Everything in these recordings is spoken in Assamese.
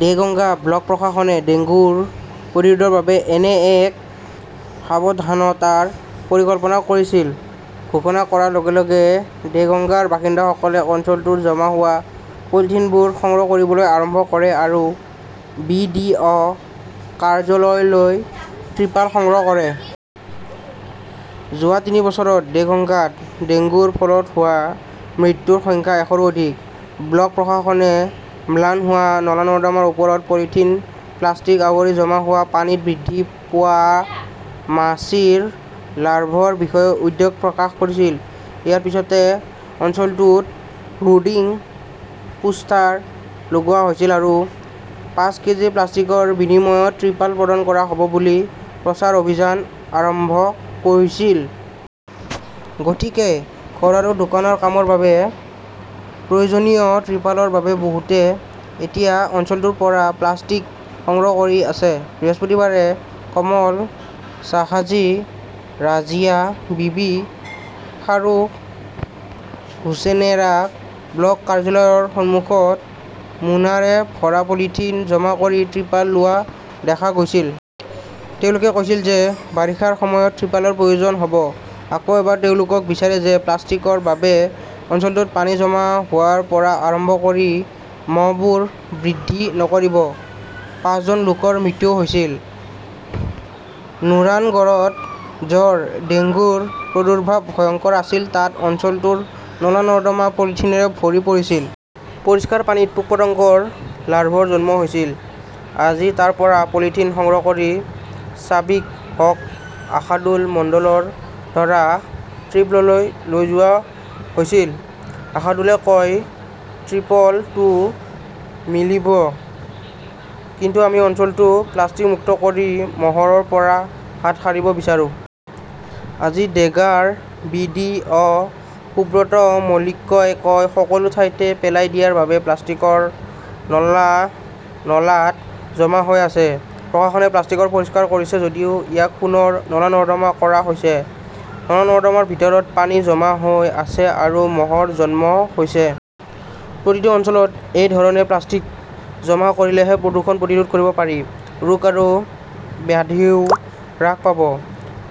দেগঙ্গা ব্লক প্ৰশাসনে ডেংগু প্ৰতিৰোধৰ বাবে এনে এক সাৱধানতাৰ পৰিকল্পনা কৰিছিল। ঘোষণা কৰাৰ লগে -লগে দেগাঙ্গাৰ বাসিন্দাসকলে অঞ্চলটোৰ জমা হোৱা পলিথিনবোৰ সংগ্ৰহ কৰিবলৈ আৰম্ভ কৰে আৰু বি. ডি. অ কাৰ্যালয়লৈ ট্ৰিপল সংগ্ৰহ কৰে। যোৱা তিনি বছৰত দেগঙ্গাত ডেংগুৰ ফলত হোৱা মৃত্যুৰ সংখ্যা এশৰো অধিক। ব্লক প্ৰশাসনে ম্লান হোৱা নলা-নৰ্দমাৰ ওপৰত পলিথিন, প্লাষ্টিক আৱৰি জমা হোৱা পানীত বৃদ্ধি পোৱা মাছিৰ লাৰ্ভৰ বিষয়ে উদ্বেগ প্ৰকাশ কৰিছিল। ইয়াৰ পিছতে অঞ্চলটোত হোৰ্ডিং, পোষ্টাৰ লগোৱা হৈছিল আৰু পাঁচ কেজি প্লাষ্টিকৰ বিনিময়ত ত্ৰিপল প্ৰদান কৰা হ'ব বুলি প্ৰচাৰ অভিযান আৰম্ভ হৈছিল। গতিকে ঘৰ আৰু দোকানৰ কামৰ বাবে প্ৰয়োজনীয় ত্ৰিপলৰ বাবে বহুতে এতিয়া অঞ্চলটোৰ পৰা প্লাষ্টিক সংগ্ৰহ কৰি আছে। বৃহস্পতিবাৰে কমল চাহাজী, ৰাজিয়া বিবি, ফাৰুক হোছেনেৰাক ব্লক কাৰ্যালয়ৰ সন্মুখত মোনাৰে ভৰা পলিথিন জমা কৰি ট্ৰিপল লোৱা দেখা গৈছিল। তেওঁলোকে কৈছিল যে, বাৰিষাৰ সময়ত ত্ৰিপলৰ প্ৰয়োজন হ 'ব ।আকৌ এবাৰ তেওঁলোকেও বিচাৰে যে প্লাষ্টিকৰ বাবে অঞ্চলটোত পানী জমা হোৱাৰ পৰা আৰম্ভ কৰি মহবোৰ বৃদ্ধি নকৰিব। পাঁচজন লোকৰ মৃত্যুও হৈছিল। নুৰানগৰত জ্বৰ, ডেংগুৰ প্ৰাদুৰ্ভাৱ ভয়ংকৰ আছিল তাত অঞ্চলটোৰ নলা-নৰ্দমা পলিথিনৰে ভৰি পৰিছিল। পৰিষ্কাৰ পানীত পোক-পতংগৰ লাৰ্ভাৰ জন্ম হৈছিল। আজি তাৰ পৰা পলিথিন সংগ্ৰহ কৰি চাবিক হক, আশাদুল মণ্ডলৰ দ্বাৰা ত্ৰিপললৈ লৈ যোৱা হৈছিল। আশাদুলে কয়, ত্ৰিপল তো মিলবে। কিন্তু আমি অঞ্চলটো প্লাষ্টিক মুক্ত কৰি মহৰ পৰা হাত সাৰিব বিচাৰো। আজি দেগাৰ বি. ডি. অ সুব্ৰত মল্লিকই কয়, সকলো ঠাইতে পেলাই দিয়াৰ বাবে প্লাষ্টিকৰ নলা নালাত জমা হৈ আছে। প্ৰশাসনে প্লাষ্টিক পৰিষ্কাৰ কৰিছে যদিও ইয়াক পুনৰ নলা-নৰ্দমা কৰা হৈছে। নলা-নৰ্দমাৰ ভিতৰত পানী জমা হৈ আছে আৰু মহৰ জন্ম হৈছে। প্ৰতিটো অঞ্চলত এই ধৰণে প্লাষ্টিক জমা কৰিলেহে প্ৰদূষণ প্ৰতিৰোধ কৰিব পাৰি। ৰোগ আৰু ব্যাধিও হ্ৰাস পাব।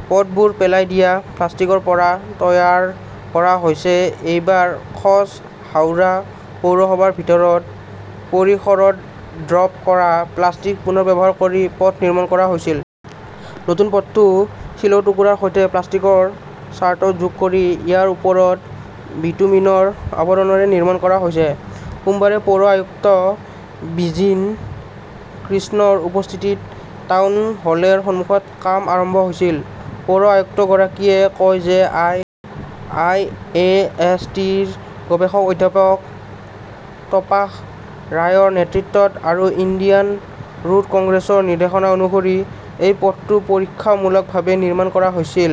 পথবোৰ পেলাই দিয়া প্লাষ্টিকৰ পৰা তৈয়াৰ কৰা হৈছে এইবাৰ খছ হাওৰা পৌৰসভাৰ ভিতৰৰ পৰিসৰত ড্ৰপ কৰা প্লাষ্টিক পুনৰ ব্যৱহাৰ কৰি পথ নিৰ্মাণ কৰা হৈছিল। নতুন পথটো শিলৰ টুকুৰাৰ সৈতে প্লাষ্টিকৰ ছাৰ্ট যোগ কৰি ইয়াৰ ওপৰত বিটুমিনৰ আৱৰণৰে নিৰ্মাণ কৰা হৈছে। সোমবাৰে পৌৰ আয়ুক্ত বিজিন কৃষ্ণৰ উপস্থিতিত টাউন হলৰ সন্মুখত কাম আৰম্ভ হৈছিল। পৌৰ আয়ুক্তগৰাকীয়ে কয় যে I. I. E. S. T. -ৰ গৱেষক অধ্যাপক তাপাস ৰায়ৰ নেতৃত্বত আৰু ইণ্ডিয়ান ৰোড কংগ্ৰেছৰ নিৰ্দেশনা অনুসৰি এই পথটো পৰীক্ষামূলকভাৱে নিৰ্মাণ কৰা হৈছিল।